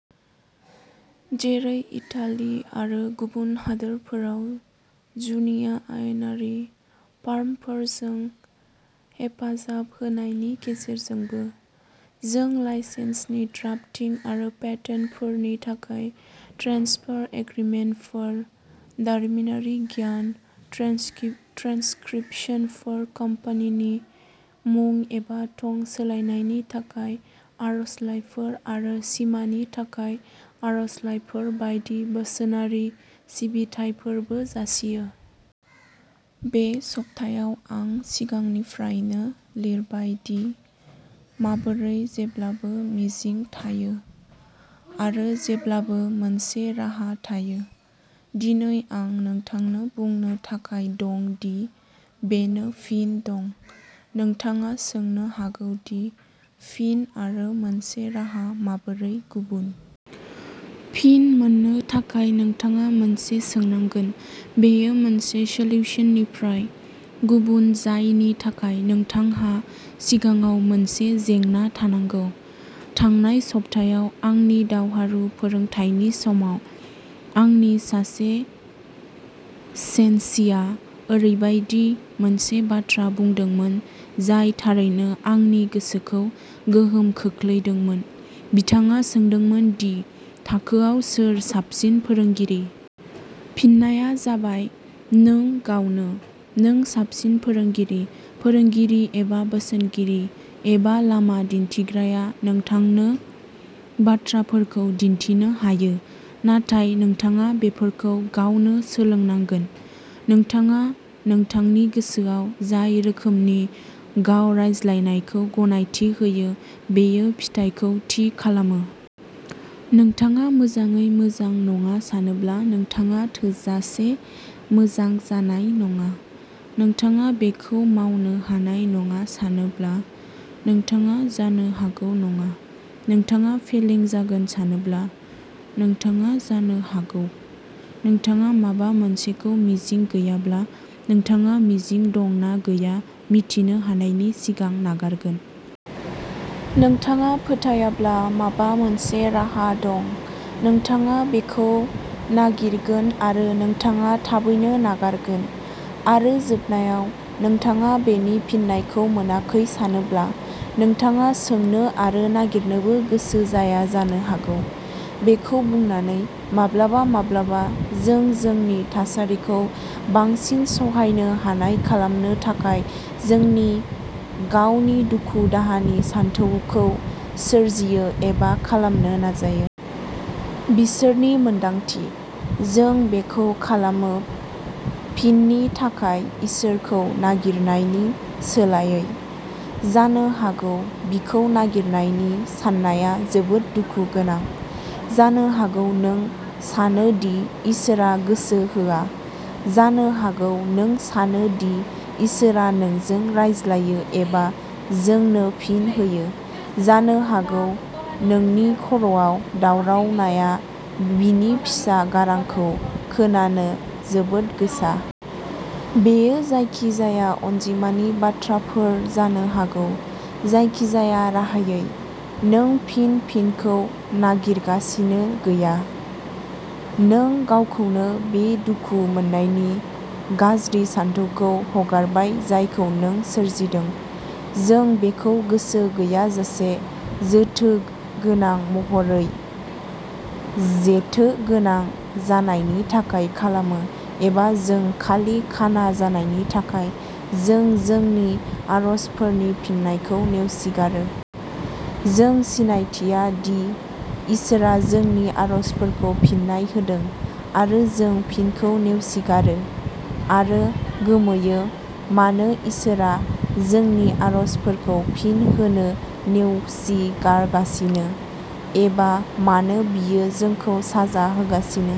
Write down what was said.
जेरै, इटाली आरो गुबुन हादोरफोराव जुनिया आयेनारि फार्मफोरजों हेफाजाब होनायनि गेजेरजोंबो। जों लाइसेन्सनि ड्राफ्टिं आरो पेटेन्टफोरनि थाखाय ट्रेन्सफार एग्रिमेन्टफोर, दारिमिनारि गियान, ट्रान्सक्रिप्शनफोर, कम्पानिनि मुं एबा थं सोलायनायनि थाखाय आर'जलाइफोर आरो सिमानि थाखाय आर'जलाइफोर बायदि बोसोनारि सिबिथाइफोरबो जासियो। बे सप्तायाव आं सिगांनिफ्रायनो लिरबाय दि माबोरै जेब्लाबो मिजिं थायो, आरो जेब्लाबो मोनसे राहा थायो। दिनै आं नोंथांनो बुंनो थाखाय दं दि बेनि फिन दं। नोंथाङा सोंनो हागौ दि फिन आरो मोनसे राहा माबोरै गुबुन। फिन मोननो थाखाय, नोंथाङा मोनसे सोंनांगोन। बेयो मोनसे सल्युसननिफ्राय गुबुन-जायनि थाखाय नोंथांहा सिगाङाव मोनसे जेंना थानांगौ। थांनाय सप्तायाव आंनि दावहारु फोरोंथायनि समाव, आंनि सासे सेन्सिया ओरैबायदि मोनसे बाथ्रा बुंदोंमोन जाय थारैनो आंनि गोसोखौ गोहोम खोख्लैदोंमोनः बिथाङा सोंदोंमोन दि थाखोयाव सोर साबसिन फोरोंगिरि। फिननाया जाबायः नों गावनो! नों साबसिन फोरोंगिरि। फोरोंगिरि एबा बोसोनगिरि एबा लामा दिन्थिग्राया नोंथांनो बाथ्राफोरखौ दिन्थिनो हायो, नाथाय नोंथाङा बेफोरखौ गावनो सोलोंनांगोन। नोंथाङा नोंथांनि गोसोआव जाय रोखोमनि गाव-रायज्लायनायखौ गनायथि होयो, बेयो फिथायखौ थि खालामो। नोंथाङा मोजाङै मोजां नङा सानोब्ला, नोंथाङा थोजासे मोजां जानाय नङा। नोंथाङा बेखौ मावनो हानाय नङा सानोब्ला, नोंथाङा जानो हागौ नङा। नोंथाङा फेलें जागोन सानोब्ला, नोंथाङा जानो हागौ। नोंथाङा माबा मोनसेखौ मिजिं गैयाब्ला, नोंथाङा मिजिं दं ना गैया मिथिनो हानायनि सिगां नागारगोन। नोंथाङा फोथायाब्ला माबा मोनसे राहा दं, नोंथाङा बेखौ नागिरगोन आरो नोंथाङा थाबैनो नागारगोन। आरो जोबनायाव, नोंथाङा बेनि फिननायखौ मोनाखै सानोब्ला, नोंथाङा सोंनो आरो नागिरनोबो गोसो जाया जानो हागौ। बेखौ बुंनानै, माब्लाबा-माब्लाबा जों जोंनि थासारिखौ बांसिन सहायनो हानाय खालामनो थाखाय जोंनि गावनि दुखु-दाहानि सानथौखौ सोरजियो, एबा खालामनो नाजायो। बिसोरनि मोन्दांथि। जों बेखौ खालामो फिननि थाखाय इसोरखौ नागिरनायनि सोलायै। जानो हागौ बिखौ नागिरनायनि साननाया जोबोद दुखु गोनां; जानो हागौ नों सानो दि इसोरआ गोसो होआ; जानो हागौ नों सानो दि इसोरआ नोंजों रायज्लायो एबा जोंनो फिन होयो; जानो हागौ नोंनि खर'आव दावरावनाया बिनि फिसा गारांखौ खोनानो जोबोद गोसा। बेयो जायखिजाया अनजिमानि बाथ्राफोर जानो हागौ। जायखिजाया राहायै, नों फिन फिनखौ नागिरगासिनो गैया। नों गावखौनो बे दुखु मोन्नायनि गाज्रि सानथौखौ हगारबाय जायखौ नों सोरजिदों। जों बेखौ गोसो गैयाजासे, जेथोगोनां महरै ों जेथोगोनां जानायनि थाखाय खालामो, एबा जों खालि खाना जानायनि थाखाय, जों जोंनि आरजफोरनि फिननायखौ नेवसिगारो। जों सिनायथिया दि इसोरआ जोंनि आरजफोरखौ फिननाय होदों, आरो जों फिनखौ नेवसिगारो आरो गोमोयो मानो इसोरआ जोंनि आरजफोरखौ फिन होनो'नेवसिगारगासिनो ', एबा मानो बियो जोंखौ साजा होगासिनो।